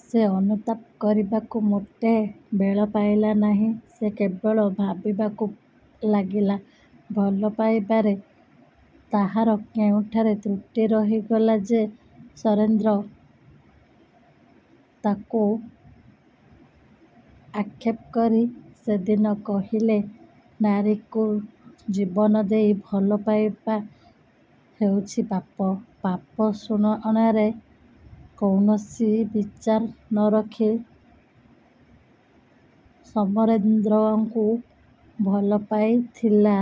ସେ ଅନୁତାପ କରିବାକୁ ମୋଟେ ବେଳ ପାଇଲା ନାହିଁ। ସେ କେବଳ ଭାବିବାକୁ ଲାଗିଲା ଭଲ ପାଇବାରେ ତାହାର କେଉଁଠାରେ ତ୍ରୁଟି ରହିଗଲା ଯେ ସମରେନ୍ଦ୍ର ତାକୁ ଆକ୍ଷେପ କରି ସେଦିନ କହିଲେ ''ନାରୀକୁ ଜୀବନ ଦେଇ ଭଲ ପାଇବା ହେଉଛି ପାପ। '' ପାପ, ପୁଣ୍ୟର କୌଣସି ବିଚାର ନ କରି ସମରେନ୍ଦ୍ରକୁ ଭଲ ପାଇଥିଲା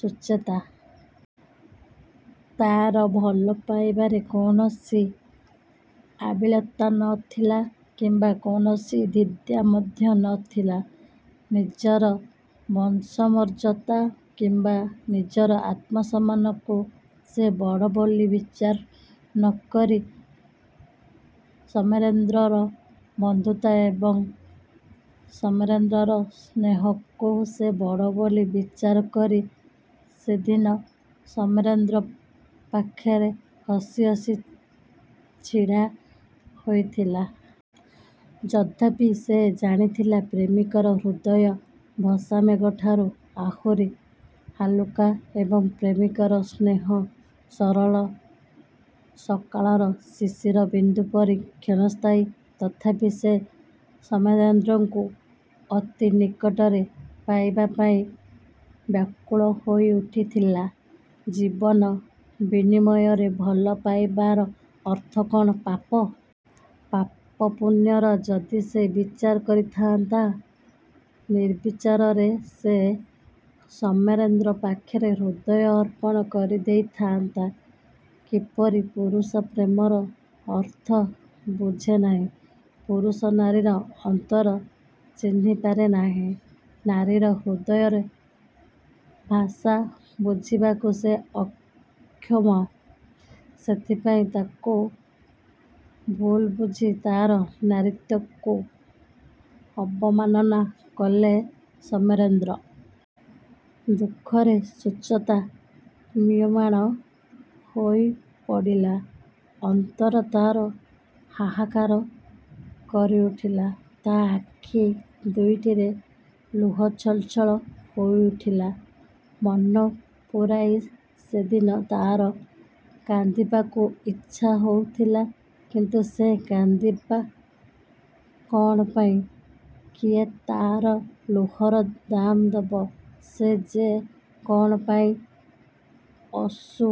ସୁଚେତା। ତା'ର ଭଲ ପାଇବାରେ କୌଣସି ଆବିଳତା ନ ଥିଲା କିମ୍ୱା କୌଣସି ଦ୍ୱିଧା ମଧ୍ୟ ନ ଥିଲା। ନିଜର ବଂଶମର୍ଯ୍ୟାଦା କିମ୍ୱା ନିଜର ଆତ୍ମସମ୍ମାନକୁ ସେ ବଡ଼ ବୋଲି ବିଚାର ନ କରି ସମରେନ୍ଦ୍ରର ବନ୍ଧୁତା ଏବଂ ସମରେନ୍ଦ୍ରର ସ୍ନେହକୁ ସେ ବଡ଼ ବୋଲି ବିଚାର କରି ସେଦିନ ସମରେନ୍ଦ୍ର ପାଖରେ ହସିହସି ଛିଡ଼ା ହୋଇଥିଲା। ଯଦ୍ୟପି ସେ ଜାଣିଥିଲା ପ୍ରେମିକର ହୃଦୟ ଭସାମେଘଠାରୁ ଆହୁରି ହାଲୁକା ଏବଂ ପ୍ରେମିକର ସ୍ନେହ ଶରତ ସକାଳର ଶିଶିର ବିନ୍ଦୁ ପରି କ୍ଷଣସ୍ଥାୟୀ ତଥାପି ସେ ସମରେନ୍ଦ୍ରକୁ ଅତି ନିକଟରେ ପାଇବା ପାଇଁ ବ୍ୟାକୁଳ ହୋଇଉଠିଥିଲା। ଜୀବନ ବିନିମୟରେ ଭଲ ପାଇବାର ଅର୍ଥ କ'ଣ ପାପ? ପାପ, ପୁଣ୍ୟର ଯଦି ସେ ବିଚାର କରିଥାନ୍ତା, ନିର୍ବିଚାରରେ ସେ ସମରେନ୍ଦ୍ର ପାଖରେ ହୃଦୟ ଅର୍ପଣ କରିଦେଇଥାନ୍ତା କିପରି-? ପୁରୁଷ ପ୍ରେମର ଅର୍ଥ ବୁଝେନାହିଁ। ପୁରୁଷ ନାରୀର ଅନ୍ତର ଚିହ୍ନିପାରେ ନାହିଁ। ନାରୀର ହୃଦୟର ଭାଷା ବୁଝିବାକୁ ସେ ଅକ୍ଷମ। ସେଥିପାଇଁ ତାକୁ ଭୁଲବୁଝି ତା'ର ନାରୀତ୍ୱକୁ ଅବମାନନା କଲେ ସମରେନ୍ଦ୍ର। ଦୁଃଖରେ ସୁଚେତା ମ୍ରିୟମାଣ ହୋଇପଡ଼ିଲା। ଅନ୍ତର ତା'ର ହାହାକାର କରିଉଠିଲା। ତା'ର ଆଖି ଦୁଇଟିରେ ଲୁହ ଛଳଛଳ ହୋଇଉଠିଲା। ମନ ପୂରାଇ ସେଦିନ ତା'ର କାନ୍ଦିବାକୁ ଇଛା ହେଉଥିଲା। କିନ୍ତୁ ସେ କାନ୍ଦିବ କ'ଣ ପାଇଁ? କିଏ ତାହାର ଲୁହର ଦାମ ଦେବ? ସେ ଯେ କ'ଣ ପାଇଁ ଅଶ୍ରୁ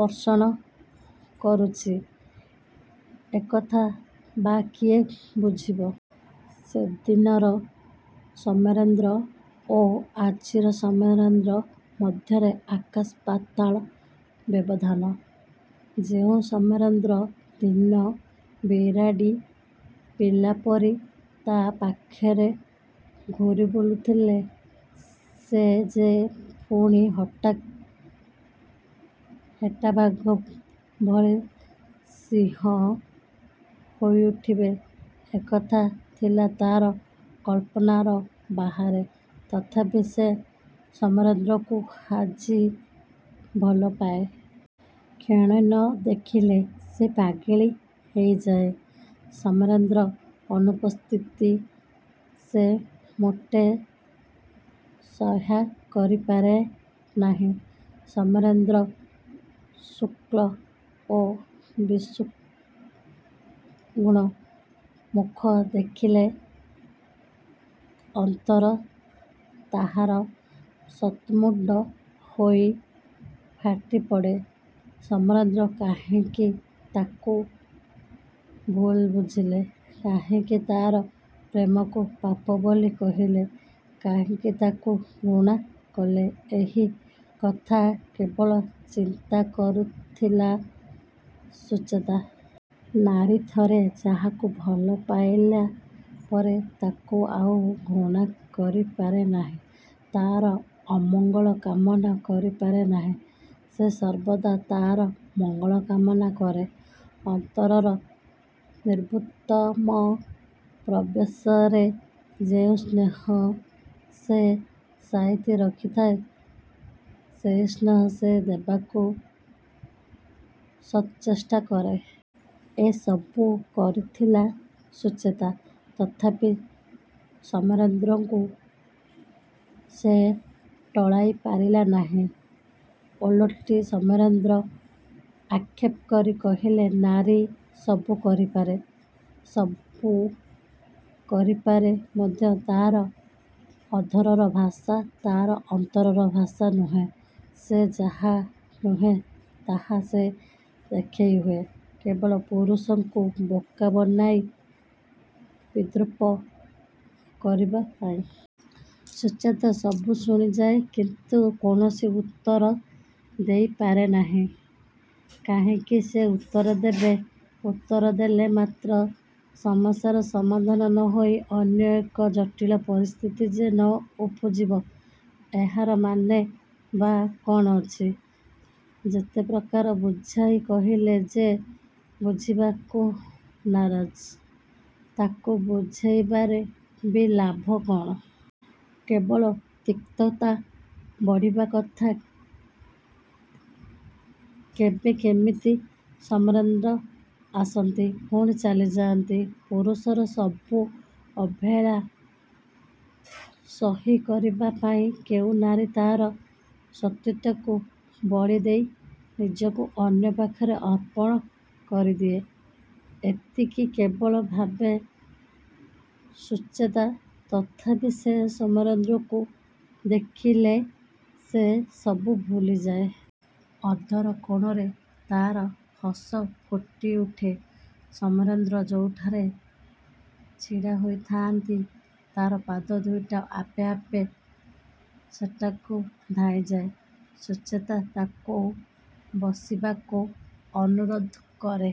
ବର୍ଷଣ କରୁଛି ଏକଥା ବା କିଏ ବୁଝିବ? ସେଦିନର ସମରେନ୍ଦ୍ର ଓ ଆଜିର ସମରେନ୍ଦ୍ର ମଧ୍ୟରେ ଆକାଶ ପାତାଳର ବ୍ୟବଧାନ-। ଯେଉଁ ସମରେନ୍ଦ୍ର ଦିନେ ବିରାଡ଼ି ପିଲାପରି ତା' ପାଖରେ ଘୂରି ବୁଲୁଥିଲେ ସେ ଯେ ପୁଣି ହଠାତ୍ ହେଟାବାଘ ଭଳି ହିଂସ୍ର ହୋଇଉଠିବେ ଏକଥା ଥିଲା ତା'ର କଳ୍ପନାର ବାହାରେ। ତଥାପି ସେ ସମରେନ୍ଦ୍ରକୁ ଆଜି ଭଲପାଏ। କ୍ଷଣେ ନ ଦେଖିଲେ ସେ ପାଗଳୀ ହୋଇଯାଏ। ସମରେନ୍ଦ୍ରର ଅନୁପସ୍ଥିତି ସେ ମୋଟେ ସହ୍ୟ କରିପାରେ ନାହିଁ। ସମରେନ୍ଦ୍ରର ଶୁଷ୍କ ଓ ବିଷଣ୍ଣ ମୁଖ ଦେଖିଲେ ଅନ୍ତର ତାହାର ଶତଖଣ୍ଡ ହୋଇ ଫାଟି ପଡ଼େ। ସମରେନ୍ଦ୍ର କାହିଁକି ତାକୁ ଭୁଲ ବୁଝିଲେ, କାହିଁକି ତା'ର ପ୍ରେମକୁ ପାପ ବୋଲି କହିଲେ, କାହିଁକି ତାକୁ ଘୃଣା କଲେ ଏହି କଥା କେବଳ ଚିନ୍ତା କରୁଥିଲା ସୁଚେତା। ନାରୀ ଥରେ ଯାହାକୁ ଭଲ ପାଇଲା ପରେ ତାକୁ ଆଉ ଘୃଣା କରିପାରେ ନାହିଁ। ତା'ର ଅମଙ୍ଗଳ କାମନା କରିପାରେ ନାହିଁ। ସେ ସର୍ବଦା ତା'ର ମଙ୍ଗଳ କାମନା କରେ। ଅନ୍ତରର ନିଭୃତତମ ପ୍ରଦେଶରେ ଯେଉଁ ସ୍ନେହ ସେ ସାଇତି ରଖିଥାଏ, ସେହି ସ୍ନେହ ସେ ଦେବାକୁ ଶତଚେଷ୍ଟା କରେ। ଏ ସବୁ କରିଥିଲା ସୁଚେତା। ତଥାପି ସମରେନ୍ଦ୍ରକୁ ସେ ଟଳାଇ ପାରିଲା ନାହିଁ। ଓଲଟି ସମରେନ୍ଦ୍ର ଆକ୍ଷେପ କରି କହିଲେ ''ନାରୀ ସବୁ କରିପାରେ। ସବୁ କହିପାରେ ମଧ୍ୟ। ତା'ର ଅଧରର ଭାଷା ତା'ର ଅନ୍ତରର ଭାଷା ନୁହେଁ। ସେ ଯାହା ନୁହେଁ ତାହା ସେ ଦେଖାଇ ହୁଏ କେବଳ ପୁରୁଷକୁ ବୋକା ବନାଇ ବିଦ୍ରୂପ କରିବା ପାଇଁ। ସୁଚେତା ସବୁ ଶୁଣିଯାଏ କିନ୍ତୁ କୌଣସି ଉତ୍ତର ଦେଇ ପାରେନାହିଁ। କାହିଁକି ସେ ଉତ୍ତର ଦେବ? ଉତ୍ତର ଦେଲା ମାତ୍ରେ ସମସ୍ୟାର ସମାଧାନ ନ ହୋଇ ଅନ୍ୟ ଏକ ଜଟିଳ ପରିସ୍ଥିତି ଯେ ନ ଉପୁଜିବ ଏହାର ମାନେ ବା କ'ଣ ଅଛି? ଯେତେ ପ୍ରକାର ବୁଝାଇ କହିଲେ ଯେ ବୁଝିବାକୁ ନାରାଜ ତାକୁ ବୁଝାଇବାରେ ବା ଲାଭ କ'ଣ? କେବଳ। ତିକ୍ତତା ବଢ଼ିବା କଥା। କେବେ କିମିତ ସମରେନ୍ଦ୍ର ଆସନ୍ତି ପୁଣି ଚାଲିଯାଆନ୍ତି। ପୁରୁଷର ସବୁ ଅବହେଳା ସହ୍ୟ କରିବା ପାଇଁ କେଉଁ ନାରୀ ତା'ର ସତୀତ୍ୱକୁ ବଳି ଦେଇ ନିଜକୁ ଅନ୍ୟ ପାଖରେ ଅର୍ପଣ କରିଦିଏ? ଏତିକି କେବଳ ଭାବେ ସୁଚେତା। ତଥାପି ସେ ସମରେନ୍ଦ୍ରକୁ ଦେଖିଲେ ସେ ସବୁ ଭୁଲିଯାଏ। ଅଧର କୋଣରେ ତା'ର ହସ ଫୁଟିଉଠେ। ସମରେନ୍ଦ୍ର ଯେଉଁଠାରେ ଛିଡ଼ା ହୋଇଥାନ୍ତି ତା'ର ପାଦ ଦୁଇଟା ଆପେ ଆପେ ସେହିଠାକୁ ଧାଇଁଯାଏ। ସୁଚେତା ତାଙ୍କୁ ବସିବାକୁ ଅନୁରୋଧ କରେ।